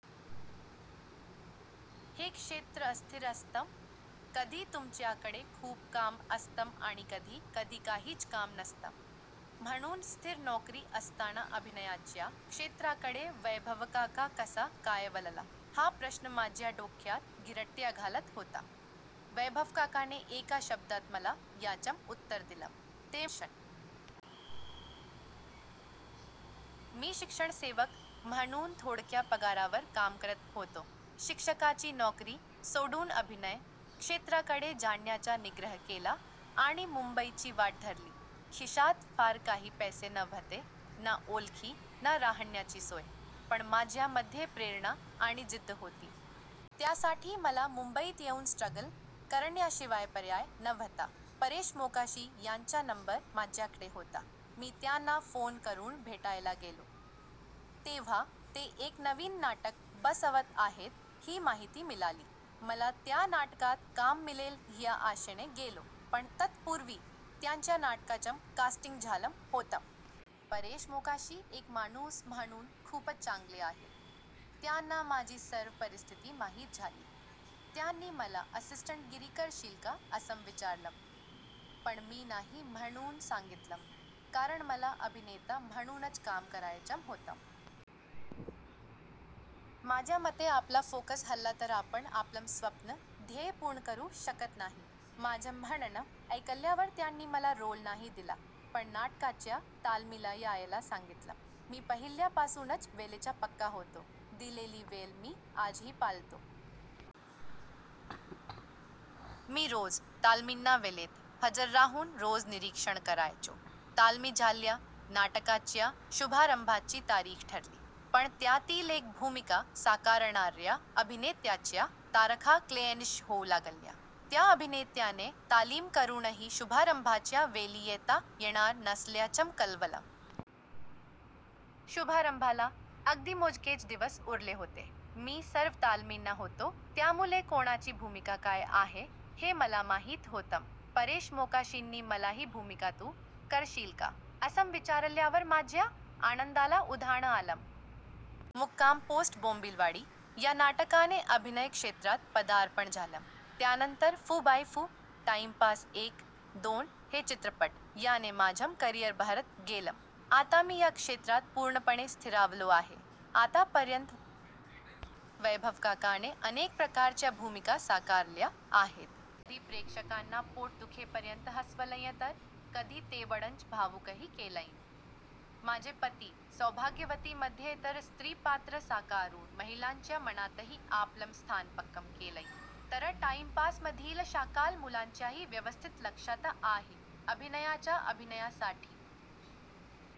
​हे क्षेत्र अस्थिर असतं. कधी तुमच्याकडे खूप काम असतं आणि कधी कधी काहीच काम नसतं. म्हणून स्थिर नोकरी असताना अभिनयाच्या क्षेत्राकडे वैभवकाका कसा काय वळला, हा प्रश्न माझ्या डोक्यात घिरट्या घालत होता. वैभवकाकाने एका शब्दात मला याचं उत्तर दिलं, ते म्हणजे पॅशन! मी शिक्षण सेवक म्हणून थोडक्या पगारावर काम करत होतो. शिक्षकाची नोकरी सोडून अभिनय क्षेत्राकडे जाण्याचा निग्रह केला आणि मुंबईची वाट धरली. खिशात फार काही पैसे नव्हते, ना ओळखी, ना राहण्याची सोय; पण माझ्यामध्ये प्रेरणा आणि जिद्द होती. त्यासाठी मला मुंबईत येऊन स्ट्रगल करण्याशिवाय पर्याय नव्हता. परेश मोकाशी यांचा नंबर माझ्याकडे होता. मी त्यांना फोन करून भेटायला गेलो. तेव्हा ते एक नवीन नाटक बसवत आहेत, ही माहिती मिळाली. मला त्या नाटकात काम मिळेल ह्या आशेने गेलो, पण तत्पूर्वी त्यांच्या नाटकाचं कास्टिंग झालं होतं. परेश मोकाशी एक माणूस म्हणून खूपच चांगले आहेत. त्यांना माझी सर्व परिस्थिती माहीत झाली. त्यांनी मला असिस्टंटगिरी करशील का असं विचारलं... पण मी नाही म्हणून सांगितलं, कारण मला अभिनेता म्हणूनच काम करायचं होतं. माझ्या मते आपला फोकस हलला तर आपण आपलं स्वप्न, ध्येय पूर्ण करू शकत नाही. माझं म्हणणं ऐकल्यावर त्यांनी मला रोल नाही दिला, पण नाटकाच्या तालमीला यायला सांगितलं. मी पहिल्यापासूनच वेळेचा पक्का होतो. दिलेली वेळ मी आजही पाळतो. मी रोज तालमींना वेळेत हजर राहून रोज निरीक्षण करायचो. तालमी झाल्या, नाटकाच्या शुभारंभाची तारीख ठरली. पण त्यातील एक भूमिका साकारणाऱ्या अभिनेत्याच्या तारखा क्लॅश होऊ लागल्या. त्या अभिनेत्याने तालीम करूनही शुभारंभाच्या वेळी येता येणार नसल्याचं कळवलं. शुभारंभाला अगदी मोजकेच दिवस उरले होते. मी सर्व तालमींना होतो, त्यामुळे कोणाची भूमिका काय आहे, हे मला माहीत होतं. परेश मोकाशींनी मला ही भूमिका तू करशील का, असं विचारल्यावर माझ्या आनंदाला उधाण आलं. माझं 'मु. पो. बोंबीलवाडी' या नाटकाने अभिनय क्षेत्रात पदार्पण झालं. त्यानंतर 'फु बाई फु', 'टाईमपास एक', 'दोन' हे चित्रपट याने माझं करिअर बहरत गेलं. आता मी या क्षेत्रात पूर्णपणे स्थिरावलो आहे. आतापर्यंत वैभवकाकाने अनेक प्रकारच्या भूमिका साकारल्या आहेत. कधी प्रेक्षकांना पोट दुखेपर्यंत हसवलंय तर कधी तेवढंच भावुकही केलंय. 'माझे पती सौभाग्यवती'मध्ये तर स्त्रीपात्र साकारून महिलांच्या मनातही आपलं स्थान पक्कं केलंय. तर 'टाईमपास'मधील शाकाल मुलांच्याही व्यवस्थित लक्षात आहे. अभिनयाचा अभिनयासाठी